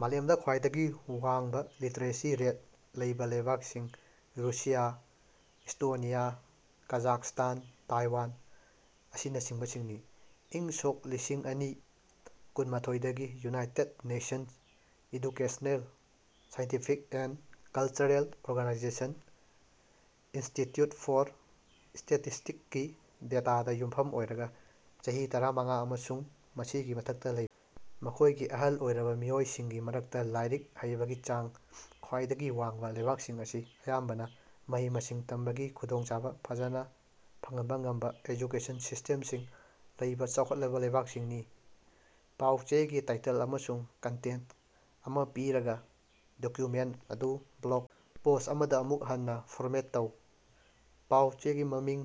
ꯃꯥꯂꯦꯝꯗꯥ ꯈ꯭ꯋꯥꯏꯗꯒꯤ ꯋꯥꯡꯕꯥ literacy rate ꯂꯩꯕꯥ ꯂꯩꯕꯥꯛꯁꯤꯡ ꯔꯨꯁꯤꯌꯥ, ꯁ꯭ꯇꯣꯅꯤꯌꯥ, ꯀꯥꯖꯥꯛꯁꯇꯥꯟ, ꯇꯥꯏꯋꯥꯟ ꯑꯁꯤꯟꯆꯤꯡꯕꯁꯤꯡꯅꯤ꯫ ꯏꯪ ꯁꯣꯛ ꯂꯤꯁꯤꯡꯑꯅꯤ ꯀꯨꯟꯃꯊꯣꯏꯗꯒꯤ United Nations Educational Scientific and Cultural Organization Institute for ꯁ꯭ꯇꯦꯇꯤꯁꯇꯤꯛꯁꯒꯤ ꯗꯦꯇꯥꯗꯥ ꯌꯨꯝꯐꯝ ꯑꯣꯏꯔꯒꯥ, ꯆꯍꯤ ꯇꯔꯥꯃꯉꯥ ꯑꯃꯁꯨꯡ ꯃꯁꯤꯒꯤ ꯃꯊꯛꯇꯥ ꯂꯩꯕꯥ ꯃꯈꯣꯏꯒꯤ ꯑꯍꯜ ꯑꯣꯏꯔꯕꯥ ꯃꯤꯑꯣꯏꯁꯤꯡꯒꯤ ꯃꯔꯛꯇꯥ ꯂꯥꯏꯔꯤꯛ ꯍꯩꯕꯒꯤ ꯆꯥꯡ ꯈ꯭ꯋꯥꯏꯗꯒꯤ ꯋꯥꯡꯕꯥ ꯂꯩꯕꯥꯛꯁꯤꯡ ꯑꯁꯤ ꯑꯌꯥꯝꯕꯅꯥ ꯃꯍꯩ-ꯃꯁꯤꯡ ꯇꯝꯕꯒꯤ ꯈꯨꯗꯣꯡꯆꯥꯕꯥ ꯐꯖꯅꯥ ꯐꯪꯍꯟꯕꯥ ꯉꯝꯕꯥ ꯑꯦꯖꯨꯀꯦꯁꯟ ꯁꯤꯁꯇꯦꯝꯁꯤꯡ ꯂꯩꯕꯥ ꯆꯥꯎꯈꯠꯂꯕꯥ ꯂꯩꯕꯥꯛꯁꯤꯡꯅꯤ꯫ ꯄꯥꯎ-ꯆꯦꯒꯤ ꯇꯥꯏꯇꯜ ꯑꯃꯁꯨꯡ ꯀꯟꯇꯦꯟꯇ ꯑꯃꯥ ꯄꯤꯔꯒꯥ, ꯗꯣꯀ꯭ꯌꯨꯃꯦꯟꯇ ꯑꯗꯨ ꯕ꯭ꯂꯣꯛ ꯄꯣꯁ ꯑꯃꯗꯥ ꯑꯃꯨꯛ ꯍꯟꯅꯥ ꯐꯣꯔꯃꯦꯠ ꯇꯧ꯫ ꯄꯥꯎ-ꯆꯦꯒꯤ ꯃꯃꯤꯡ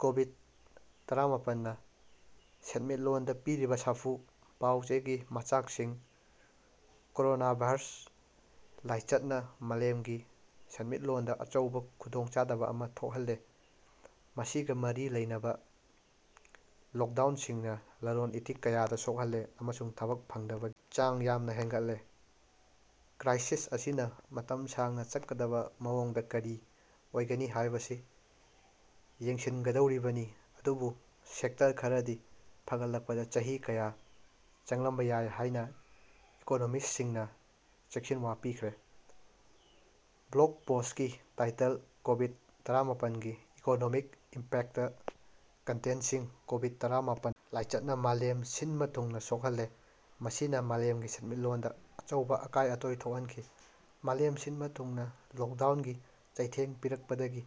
ꯀꯣꯕꯤꯗ-ꯇꯔꯥꯃꯥꯄꯟꯅꯥ ꯁꯦꯟꯃꯤꯠꯂꯣꯟꯗꯥ ꯄꯤꯔꯤꯕꯥ ꯁꯥꯐꯨ꯫ ꯄꯥꯎ-ꯆꯦꯒꯤ ꯃꯆꯥꯛꯁꯤꯡ ꯀꯣꯔꯣꯅꯥꯚꯥꯏꯔꯁ ꯂꯥꯏꯆꯠꯅꯥ ꯃꯥꯂꯦꯝꯒꯤ ꯁꯦꯟꯃꯤꯠꯂꯣꯟꯗꯥ ꯑꯆꯧꯕꯥ ꯈꯨꯗꯣꯡꯆꯥꯗꯕꯥ ꯑꯃꯥ ꯊꯣꯛꯍꯜꯂꯦ – ꯃꯁꯤꯒꯥ ꯃꯔꯤ ꯂꯩꯅꯕꯥ ꯂꯣꯛꯗꯥꯎꯟꯁꯤꯡꯅꯥ ꯂꯂꯣꯟ-ꯏꯇꯤꯛ ꯀꯌꯥꯗꯥ ꯁꯣꯛꯍꯜꯂꯦ, ꯑꯃꯁꯨꯡ ꯊꯕꯛ ꯐꯪꯗꯕꯒꯤ ꯆꯥꯡ ꯌꯥꯝꯅꯥ ꯍꯦꯟꯒꯠꯂꯦ꯫ ꯀ꯭ꯔꯥꯏꯁꯤꯁ ꯑꯁꯤꯅꯥ ꯃꯇꯝ ꯁꯥꯡꯅꯥ ꯆꯠꯀꯗꯕꯥ ꯃꯑꯣꯡꯗꯥ ꯀꯔꯤ ꯑꯣꯏꯒꯅꯤ ꯍꯥꯏꯕꯁꯤ ꯌꯦꯡꯁꯤꯟꯒꯗꯧꯔꯤꯕꯅꯤ, ꯑꯗꯨꯕꯨ ꯁꯦꯛꯇꯔ ꯈꯔꯗꯤ ꯐꯒꯠꯂꯛꯄꯗꯥ ꯆꯍꯤ ꯀꯌꯥ ꯆꯪꯂꯝꯕꯥ ꯌꯥꯏ ꯍꯥꯏꯅꯥ ꯏꯀꯣꯅꯣꯃꯤꯁꯁꯤꯡꯅꯥ ꯆꯦꯛꯁꯤꯟꯋꯥ ꯄꯤꯈ꯭ꯔꯦ꯫ ꯕ꯭ꯂꯣꯒ ꯄꯣꯁ꯭ꯠꯀꯤ ꯇꯥꯏꯇꯜ ꯀꯣꯕꯤꯠ-ꯇꯔꯥꯃꯥꯄꯟꯒꯤ ꯏꯀꯣꯅꯣꯃꯤꯛ ꯏꯝꯄꯦꯛꯇ꯫ ꯀꯟꯇꯦꯟꯁꯤꯡ ꯀꯣꯕꯤꯠ-ꯇꯔꯥꯃꯥꯄꯟ ꯂꯥꯏꯆꯠꯅꯥ ꯃꯥꯂꯦꯝ ꯁꯤꯟꯕꯥ ꯊꯨꯡꯅꯥ ꯁꯣꯛꯍꯜꯂꯦ, ꯃꯁꯤꯅꯥ ꯃꯥꯂꯦꯝꯒꯤ ꯁꯦꯟꯃꯤꯠꯂꯣꯟꯗꯥ ꯑꯆꯧꯕꯥ ꯑꯀꯥꯏ-ꯑꯇꯣꯏ ꯊꯣꯛꯍꯟꯈꯤ꯫ ꯃꯥꯂꯦꯝ ꯁꯤꯟꯕꯥ ꯊꯨꯡꯅꯥ ꯂꯣꯛꯗꯥꯎꯟꯒꯤ ꯆꯩꯊꯦꯡ ꯄꯤꯔꯛꯄꯗꯒꯤ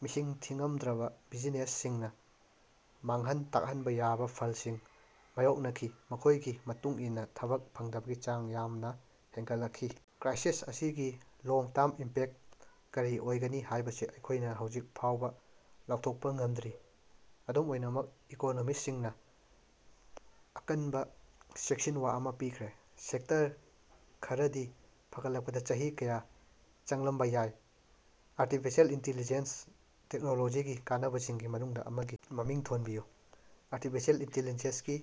ꯃꯁꯤꯡ ꯊꯤꯉꯝꯗ꯭ꯔꯕꯥ ꯕꯤꯖꯤꯅꯦꯁꯁꯤꯡꯅꯥ ꯃꯥꯡꯍꯟ ꯇꯥꯛꯍꯟꯕꯥ ꯌꯥꯕꯥ ꯐꯜꯁꯤꯡ ꯃꯥꯌꯣꯛꯅꯈꯤ, ꯃꯈꯣꯏꯒꯤ ꯃꯇꯨꯡ ꯏꯟꯅꯥ ꯊꯕꯛ ꯐꯪꯗꯕꯒꯤ ꯆꯥꯡ ꯌꯥꯝꯅꯥ ꯍꯦꯟꯒꯠꯂꯛꯈꯤ꯫ ꯀ꯭ꯔꯥꯏꯁꯤꯁ ꯑꯁꯤꯒꯤ ꯂꯣꯡ ꯇꯥꯝ ꯏꯝꯄꯦꯛ ꯀꯔꯤ ꯑꯣꯏꯒꯅꯤ ꯍꯥꯏꯕꯁꯤ ꯑꯩꯈꯣꯏꯅꯥ ꯍꯧꯖꯤꯛ ꯐꯥꯎꯕꯥ ꯂꯥꯎꯊꯣꯛꯄꯥ ꯉꯝꯗ꯭ꯔꯤ꯫ ꯑꯗꯨꯝ ꯑꯣꯏꯅꯃꯛ ꯏꯀꯣꯅꯣꯃꯤꯁꯁꯤꯡꯅꯥ ꯑꯀꯟꯕꯥ ꯆꯦꯛꯁꯤꯟꯋꯥ ꯑꯃꯥ ꯄꯤꯈ꯭ꯔꯦ꯫ ꯁꯦꯛꯇꯔ ꯈꯔꯗꯤ ꯐꯒꯠꯂꯛꯄꯗꯥ ꯆꯍꯤ ꯀꯌꯥ ꯆꯪꯂꯝꯕꯥ ꯌꯥꯏ꯫ ꯑꯔꯇꯤꯐꯤꯁꯦꯜ ꯏꯟꯇꯤꯂꯤꯖꯦꯟꯁ ꯇꯦꯛꯅꯣꯂꯣꯖꯤꯒꯤ ꯀꯥꯟꯅꯕꯁꯤꯡꯒꯤ ꯃꯅꯨꯡꯗꯥ ꯑꯃꯒꯤ ꯃꯃꯤꯡ ꯊꯣꯟꯕꯤꯌꯨ꯫ ꯑꯔꯇꯤꯐꯤꯁꯦꯜ ꯏꯟꯇꯤꯂꯤꯖꯦꯟꯁꯒꯤ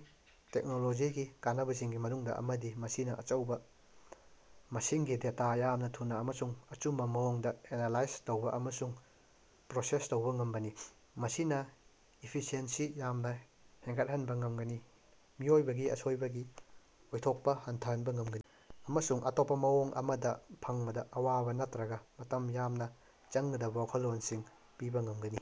ꯇꯦꯛꯅꯣꯂꯣꯖꯤꯒꯤ ꯀꯥꯟꯅꯕꯁꯤꯡꯒꯤ ꯃꯅꯨꯡꯗꯥ ꯑꯃꯗꯤ ꯃꯁꯤꯅꯥ ꯑꯆꯧꯕꯥ ꯃꯁꯤꯡꯒꯤ ꯗꯦꯇꯥ ꯌꯥꯝꯅꯥ ꯊꯨꯅꯥ ꯑꯃꯁꯨꯡ ꯑꯆꯨꯝꯕꯥ ꯃꯑꯣꯡꯗꯥ ꯑꯦꯅꯥꯂꯥꯏꯖ ꯇꯧꯕꯥ ꯑꯃꯁꯨꯡ ꯄ꯭ꯔꯣꯁꯦꯁ ꯇꯧꯕꯥ ꯉꯝꯕꯅꯤ꯫ ꯃꯁꯤꯅꯥ ꯏꯐꯤꯁꯤꯑꯦꯟꯁꯤ ꯌꯥꯝꯅꯥ ꯍꯦꯟꯒꯠꯍꯟꯕꯥ ꯉꯝꯒꯅꯤ, ꯃꯤꯑꯣꯏꯕꯒꯤ ꯑꯁꯣꯏꯕꯒꯤ ꯑꯣꯏꯊꯣꯛꯄꯥ ꯍꯟꯊꯍꯟꯕꯥ ꯉꯝꯒꯅꯤ ꯑꯃꯁꯨꯡ ꯑꯇꯣꯞꯄꯥ ꯃꯑꯣꯡ ꯑꯃꯗꯥ ꯐꯪꯕꯗꯥ ꯑꯋꯥꯕꯥ ꯅꯠꯇ꯭ꯔꯒꯥ ꯃꯇꯝ ꯌꯥꯝꯅꯥ ꯆꯪꯒꯗꯕꯥ ꯋꯥꯈꯜꯂꯣꯟꯁꯤꯡ ꯄꯤꯕꯥ ꯉꯝꯒꯅꯤ꯫